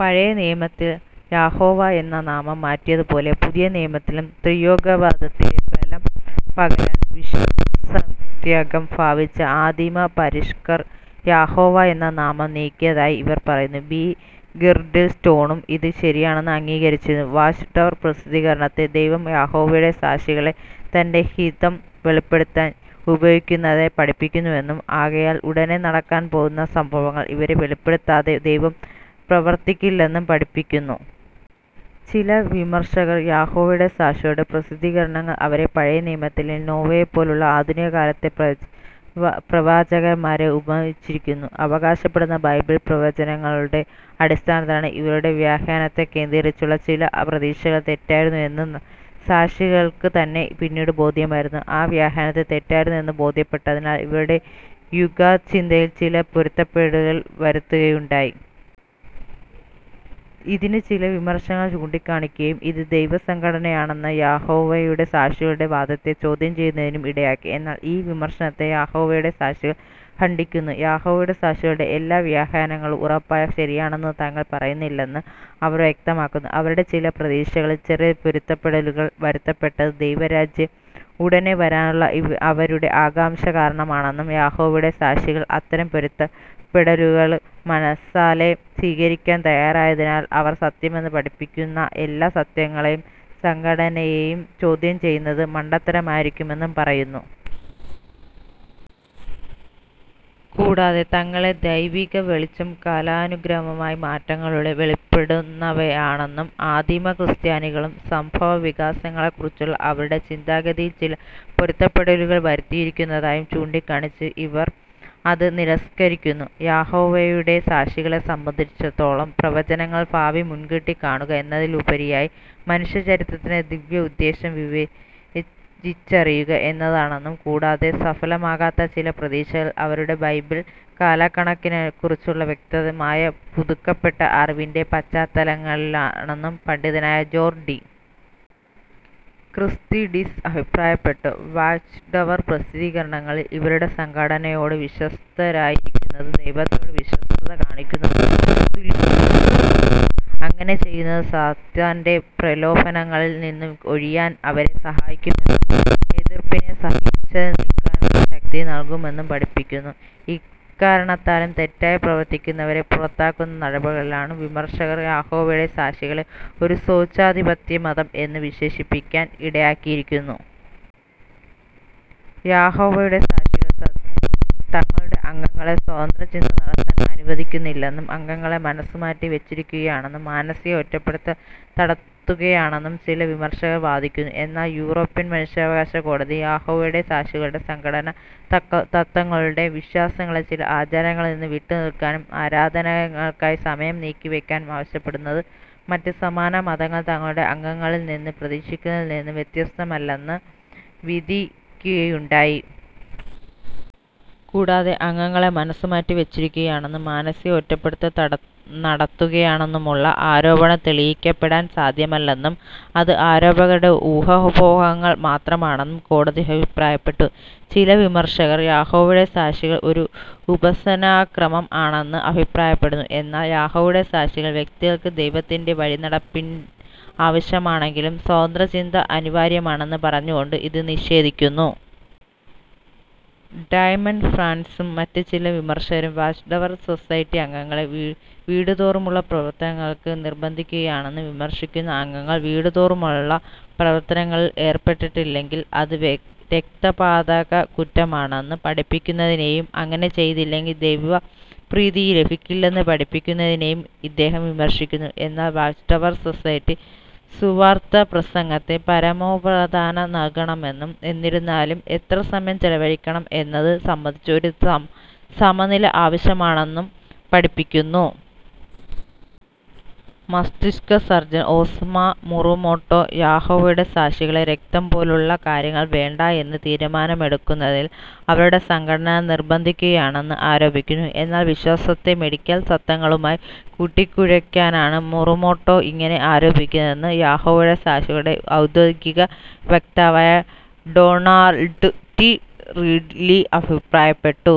പഴയനിയമത്തിൽ യഹോവ എന്ന നാമം മാറ്റിയതുപോലെ പുതിയനിയമത്തിലും ത്രിയേകവാദത്തിന് ബലം പകരാൻ വിശ്വാസത്യാഗം ഭവിച്ച ആദിമ പരിഭാഷകർ യഹോവ എന്ന നാമം നീക്കിയതായി ഇവർ പറയുന്നു. ബി. ഗിർഡിൽ സ്റ്റോണും ഇത് ശരിയാണെന്ന് അംഗീകരിച്ചിരിക്കുന്നു. വാച്ച്ടവർ പ്രസിദ്ധീകരണങ്ങൾ, ദൈവം യഹോവയുടെ സാക്ഷികളെ തൻ്റെ ഹിതം വെളിപ്പെടുത്താൻ ഉപയോഗിക്കുന്നതായി പഠിപ്പിക്കുന്നുവെന്നും, ആകയാൽ ഉടനെ നടക്കാൻ പോകുന്ന സംഭവങ്ങൾ ഇവരെ വെളിപ്പെടുത്താതെ ദൈവം പ്രവർത്തിക്കില്ലെന്നും പഠിപ്പിക്കുന്നു. ചില വിമർശകർ യഹോവയുടെ സാക്ഷികളുടെ പ്രസിദ്ധീകരണങ്ങൾ അവരെ പഴയനിയമത്തിലെ നോഹയെപ്പോലെയുള്ള ആധുനികകാലത്തെ പ്രവാചകന്മാരായി ഉപമിച്ചിരിക്കുന്നതായി അവകാശപ്പെടുന്നു. ബൈബിൾ പ്രവചനങ്ങളുടെ അടിസ്ഥാനത്തിലുള്ള ഇവരുടെ വ്യാഖ്യാനത്തെ കേന്ദ്രീകരിച്ചുള്ള ചില പ്രതീക്ഷകൾ തെറ്റായിരുന്നു എന്ന് സാക്ഷികൾക്ക് തന്നെ പിന്നീട് ബോധ്യമായിരുന്നു. ആ വ്യാഖ്യാനങ്ങൾ തെറ്റായിരുന്നു എന്ന് ബോധ്യപ്പെട്ടതിനാൽ ഇവരുടെ യുഗാന്തചിന്തയിൽ ചില പൊരുത്തപ്പെടുത്തലുകൾ വരുത്തുകയുണ്ടായി. ഇതിനെ ചില വിമർശകർ ചൂണ്ടിക്കാണിക്കുകയും ഇത് ദൈവസംഘടനയാണെന്ന യഹോവയുടെ സാക്ഷികളുടെ വാദത്തെ ചോദ്യം ചെയ്യുന്നതിനും ഇടയാക്കി. എന്നാൽ ഈ വിമർശനത്തെ യഹോവയുടെ സാക്ഷികൾ ഖണ്ഡിക്കുന്നു. യഹോവയുടെ സാക്ഷികളുടെ എല്ലാ വ്യാഖ്യാനങ്ങളും ഉറപ്പായും ശരിയാണെന്ന് തങ്ങൾ പറയുന്നില്ലെന്ന് അവർ വ്യക്തമാക്കുന്നു. അവരുടെ ചില പ്രതീക്ഷകളിൽ ചെറിയ പൊരുത്തപ്പെടുത്തലുകൾ വരുത്തപ്പെട്ടത് ദൈവരാജ്യം ഉടനെ വരാനുള്ള അവരുടെ ആകാംക്ഷ കാരണമാണെന്നും യഹോവയുടെ സാക്ഷികൾ അത്തരം പൊരുത്തപ്പെടുത്തലുകൾ മനസ്സാലെ സ്വീകരിക്കാൻ തയ്യാറായതിനാൽ അവർ സത്യമെന്ന് പഠിപ്പിക്കുന്ന എല്ലാ തത്ത്വങ്ങളെയും സംഘടനയെയും ചോദ്യം ചെയ്യുന്നത് മണ്ടത്തരമായിരിക്കുമെന്നും പറയുന്നു. കൂടാതെ തങ്ങളുടെ ദൈവിക വെളിച്ചം കാലാനുക്രമമായി മാറ്റങ്ങളിലൂടെ വെളിപ്പെടുന്നവയാണെന്നും ആദിമ ക്രിസ്ത്യാനികളും സംഭവവികാസങ്ങളെക്കുറിച്ചുള്ള അവരുടെ ചിന്താഗതിയിൽ ചില പൊരുത്തപ്പെടുത്തലുകൾ വരുത്തിയിരുന്നതായും ചൂണ്ടിക്കാണിച്ച് ഇവർ അത് തിരസ്കരിക്കുന്നു. യഹോവയുടെ സാക്ഷികളെ സംബന്ധിച്ചിടത്തോളം പ്രവചനങ്ങൾ ഭാവി മുൻകൂട്ടി കാണുക എന്നതിലുപരിയായി മനുഷ്യചരിത്രത്തിൻ്റെ ദിവ്യ ഉദ്ദേശ്യം വിവേചിച്ചറിയുക എന്നതാണെന്നും കൂടാതെ സഫലമാകാത്ത ചില പ്രതീക്ഷകൾ അവരുടെ ബൈബിൾ കാലകണക്കിനെക്കുറിച്ചുള്ള വ്യക്തമായ പുതുക്കപ്പെട്ട അറിവിൻ്റെ പശ്ചാത്തലത്തിലുള്ളതാണെന്നും പണ്ഡിതനായ ജോർജ് ഡി. ക്രിസിഡിസ് അഭിപ്രായപ്പെട്ടു. വാച്ച്ടവർ പ്രസിദ്ധീകരണങ്ങളിൽ ഇവരുടെ സംഘടനയോട് വിശ്വസ്തരായിരിക്കുന്നത് ദൈവത്തോട് വിശ്വസ്തത കാണിക്കുന്നതിന് തുല്യമാണെന്ന് പഠിപ്പിക്കുന്നു. അങ്ങനെ ചെയ്യുന്നത് സാത്താൻ്റെ പ്രലോഭനങ്ങളിൽ നിന്നും ഒഴിയാൻ അവരെ സഹായിക്കുമെന്നും, എതിർപ്പിനെ സഹിച്ചുനിൽക്കാനുള്ള ശക്തി നൽകുമെന്നും പഠിപ്പിക്കുന്നു. ഇക്കാരണത്താലും, തെറ്റായി പ്രവർത്തിക്കുന്നവരെ പുറത്താക്കുന്ന നടപടികളാലും വിമർശകർ യഹോവയുടെ സാക്ഷികളെ ഒരു "സ്വേച്ഛാധിപത്യമതം" എന്ന് വിശേഷിപ്പിക്കാൻ ഇടയാക്കിയിരിക്കുന്നു. യഹോവയുടെ സാക്ഷികൾ തങ്ങളുടെ അംഗങ്ങളെ സ്വതന്ത്രചിന്ത നടത്താൻ അനുവദിക്കുന്നില്ലെന്നും, അംഗങ്ങളെ മനസ്സുമാറ്റി വെച്ചിരിക്കുകയാണെന്നും മാനസിക ഒറ്റപ്പെടുത്തൽ നടത്തുകയാണെന്നും ചില വിമർശകർ വാദിക്കുന്നു. എന്നാൽ യൂറോപ്യൻ മനുഷ്യാവകാശ കോടതി യഹോവയുടെ സാക്ഷികളുടെ സംഘടന, തങ്ങളുടെ വിശ്വാസികളെ ചില ആചാരങ്ങളിൽ നിന്ന് വിട്ടുനിൽക്കാനും ആരാധനയ്ക്കായി സമയം നീക്കിവെക്കാനും ആവശ്യപ്പെടുന്നത് മറ്റ് സമാന മതങ്ങൾ തങ്ങളുടെ അംഗങ്ങളിൽ നിന്ന് പ്രതീക്ഷിക്കുന്നതിൽ നിന്ന് വ്യത്യസ്തമല്ലെന്ന് വിധിക്കുകയുണ്ടായി. കൂടാതെ അംഗങ്ങളെ മനസ്സുമാറ്റി വെച്ചിരിക്കുകയാണെന്നും മാനസിക ഒറ്റപ്പെടുത്തൽ നടത്തുകയാണെന്നുമുള്ള ആരോപണം തെളിയിക്കപ്പെടാൻ സാധ്യമല്ലെന്നും അത് ആരോപകരുടെ ഊഹാപോഹങ്ങൾ മാത്രമാണെന്നും കോടതി അഭിപ്രായപ്പെട്ടു. ചില വിമർശകർ യഹോവയുടെ സാക്ഷികൾ ഒരു ഉപാസനാക്രമം ആണെന്ന് അഭിപ്രായപ്പെടുന്നു. എന്നാൽ യഹോവയുടെ സാക്ഷികൾ വ്യക്തികൾക്ക് ദൈവത്തി ൻ്റെ വഴിനടത്തിപ്പ് ആവശ്യമാണെങ്കിലും സ്വതന്ത്രചിന്ത അനിവാര്യമാണെന്ന് പറഞ്ഞുകൊണ്ട് ഇത് നിഷേധിക്കുന്നു. റയ്മണ്ട് ഫ്രാൻസും മറ്റ് ചില വിമർശകരും വാച്ച്ടവർ സൊസൈറ്റി അംഗങ്ങളെ വീടുതോറുമുള്ള പ്രവർത്തനങ്ങൾക്ക് നിർബന്ധിക്കുകയാണെന്ന് വിമർശിക്കുന്നു. അംഗങ്ങൾ വീടുതോറുമുള്ള പ്രവർത്തനങ്ങളിൽ ഏർപ്പെട്ടില്ലെങ്കിൽ അത് രക്തപാതകകുറ്റമാണെന്ന് പഠിപ്പിക്കുന്നതിനെയും അങ്ങനെ ചെയ്തില്ലെങ്കിൽ ദൈവപ്രീതി ലഭിക്കില്ലെന്ന് പഠിപ്പിക്കുന്നതിനെയും ഇദ്ദേഹം വിമർശിക്കുന്നു. എന്നാൽ വാച്ച്ടവർ സൊസൈറ്റി സുവാർത്താപ്രസംഗത്തിന് പരമപ്രാധാന്യം നൽകണമെന്നും എന്നിരുന്നാലും എത്ര സമയം ചെലവഴിക്കണം എന്നത് സംബന്ധിച്ച് ഒരു സമനില ആവശ്യമാണെന്നും പഠിപ്പിക്കുന്നു. മസ്തിഷ്ക സർജൻ ഒസാമ മുറുമോട്ടോ യഹോവയുടെ സാക്ഷികളെ രക്തം പോലുള്ള കാര്യങ്ങൾ വേണ്ട എന്ന് തീരുമാനമെടുക്കുന്നതിൽ അവരുടെ സംഘടന നിർബന്ധിക്കുകയാണെന്ന് ആരോപിക്കുന്നു. എന്നാൽ വിശ്വാസത്തെ മെഡിക്കൽ തത്ത്വങ്ങളുമായി കൂട്ടിക്കുഴയ്ക്കാനാണ് മുറുമോട്ടോ ഇങ്ങനെ ആരോപിക്കുന്നതെന്ന് യഹോവയുടെ സാക്ഷികളുടെ ഔദ്യോഗിക വക്താവായ ഡൊണൾഡ് റ്റി. റിഡ്ലി അഭിപ്രായപ്പെട്ടു.